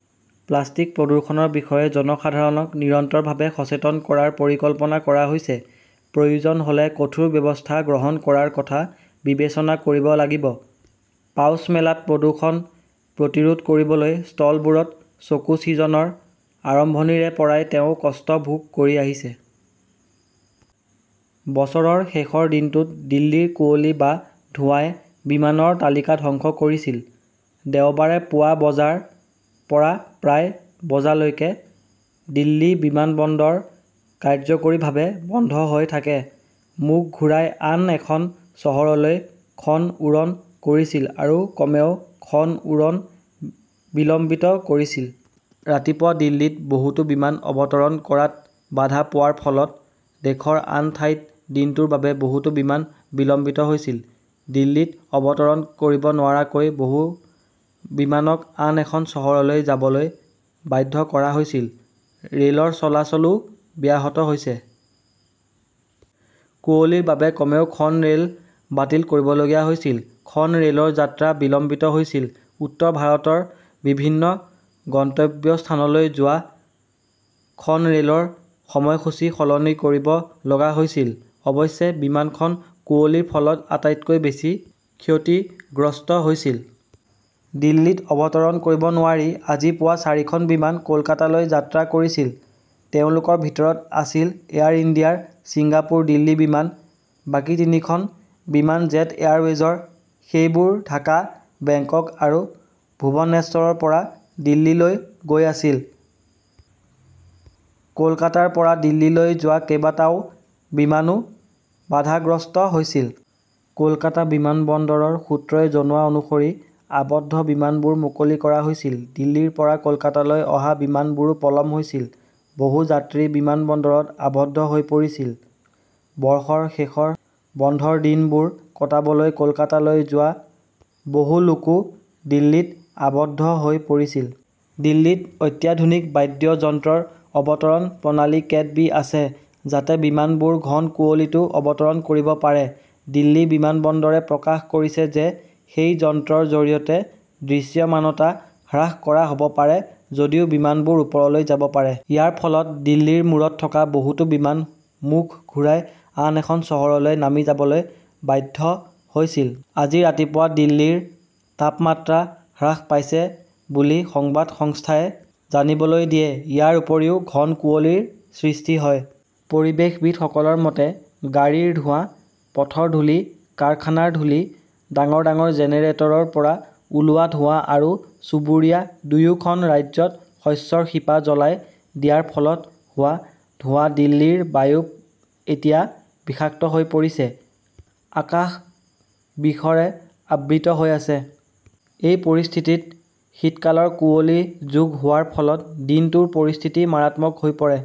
Plastic প্ৰদূষণৰ বিষয়ে জনসাধাৰণক নিৰন্তৰভাৱে সচেতন কৰাৰ পৰিকল্পনা কৰা হৈছে। প্ৰয়োজন হলে কঠোৰ ব্যৱস্থা গ্ৰহণ কৰাৰ কথা বিবেচনা কৰিব লাগিব, পাউচমেলাত প্ৰদূষণ প্ৰতিৰোধ কৰিবলৈ ষ্টলবোৰত চকু ছিজনৰ আৰম্ভণিৰে পৰাই তেওঁ কষ্ট ভোগ কৰি আহিছে। বছৰৰ শেষৰ দিনটোত দিল্লীৰ কুঁৱলী বা ধোঁৱাই বিমানৰ তালিকা ধ্বংস কৰিছিল। দেওবাৰে পুৱা বজাৰ পৰা প্ৰায় বজালৈকে দিল্লী বিমানবন্দৰ কাৰ্যকৰীভাৱে বন্ধ হৈ থাকে। মুখ ঘূৰাই আন এখন চহৰলৈ খন উৰণ কৰিছিল আৰু কমেও খন উৰণ বিলম্বিত কৰিছিল। ৰাতিপুৱা দিল্লীত বহুতো বিমান অৱতৰণ কৰাত বাধা পোৱাৰ ফলত দেশৰ আন ঠাইত দিনটোৰ বাবে বহুতো বিমান বিলম্বিত হৈছিল। দিল্লীত অৱতৰণ কৰিব নোৱাৰাকৈ বহু বিমানক আন এখন চহৰলৈ যাবলৈ বাধ্য কৰা হৈছিল। ৰেলৰ চলাচলও ব্যাহত হৈছে। কুঁৱলীৰ বাবে কমেও খন ৰেল বাতিল কৰিবলগীয়া হৈছিল। খন ৰেলৰ যাত্ৰা বিলম্বিত হৈছিল। উত্তৰ ভাৰতৰ বিভিন্ন গন্তব্যস্থানলৈ যোৱা খন ৰেলৰ সময়সূচী সলনি কৰিব লগা হৈছিল। অৱশ্যে, বিমানখন কুঁৱলীৰ ফলত আটাইতকৈ বেছি ক্ষতিগ্ৰস্ত হৈছিল। দিল্লীত অৱতৰণ কৰিব নোৱাৰি, আজি পুৱা চাৰিখন বিমান কলকাতালৈ যাত্ৰা কৰিছিল। তেওঁলোকৰ ভিতৰত আছিল এয়াৰ ইণ্ডিয়াৰ ছিংগাপুৰ-দিল্লী বিমান। বাকী তিনিখন বিমান জেট এয়াৰৱেজৰ, সেইবোৰ ঢাকা, বেংকক আৰু ভুৱনেশ্বৰৰ পৰা দিল্লীলৈ গৈ আছিল। কলকাতাৰ পৰা দিল্লীলৈ যোৱা কেইবাটাও বিমানো বাধাগ্ৰস্ত হৈছিল। কলকাতা বিমানবন্দৰৰ সূত্ৰই জনোৱা অনুসৰি, আবদ্ধ বিমানবোৰ মুকলি কৰা হৈছিল। দিল্লীৰ পৰা কলকাতালৈ অহা বিমানবোৰো পলম হৈছিল। বহু যাত্ৰী বিমানবন্দৰত আবদ্ধ হৈ পৰিছিল। বৰ্ষৰ শেষৰ বন্ধৰ দিনবোৰ কটাবলৈ কলকাতালৈ যোৱা বহু লোকও দিল্লীত আবদ্ধ হৈ পৰিছিল। দিল্লীত অত্যাধুনিক বাদ্যযন্ত্ৰৰ অৱতৰণ প্ৰণালী কেট -বি আছে, যাতে বিমানবোৰ ঘন কুঁৱলীতো অৱতৰণ কৰিব পাৰে। দিল্লী বিমানবন্দৰে প্ৰকাশ কৰিছে যে সেই যন্ত্ৰৰ জৰিয়তে দৃশ্যমানতা হ্ৰাস কৰা হ 'ব পাৰে যদিও বিমানবোৰ ওপৰলৈ যাব পাৰে। ইয়াৰ ফলত দিল্লীৰ মূৰত থকা বহুতো বিমান মুখ ঘূৰাই আন এখন চহৰলৈ নামি যাবলৈ বাধ্য হৈছিল। আজি ৰাতিপুৱা দিল্লীৰ তাপমাত্ৰা হ্ৰাস পাইছে বুলি সংবাদ সংস্থাই জানিবলৈ দিয়ে। ইয়াৰ উপৰিও ঘন কুঁৱলীৰ সৃষ্টি হয়। পৰিৱেশবিদসকলৰ মতে, গাড়ীৰ ধোঁৱা, পথৰ ধূলি, কাৰখানাৰ ধূলি, ডাঙৰ ডাঙৰ জেনেৰেটৰৰ পৰা ওলোৱা ধোঁৱা আৰু চুবুৰীয়া দুয়োখন ৰাজ্যত শস্যৰ শিপা জ্বলাই দিয়াৰ ফলত হোৱা ধোঁৱা-দিল্লীৰ বায়ু এতিয়া বিষাক্ত হৈ পৰিছে। আকাশ বিষৰে আবৃত হৈ আছে। এই পৰিস্থিতিত শীতকালৰ কুঁৱলী যোগ হোৱাৰ ফলত দিনটোৰ পৰিস্থিতি মাৰাত্মক হৈ পৰে।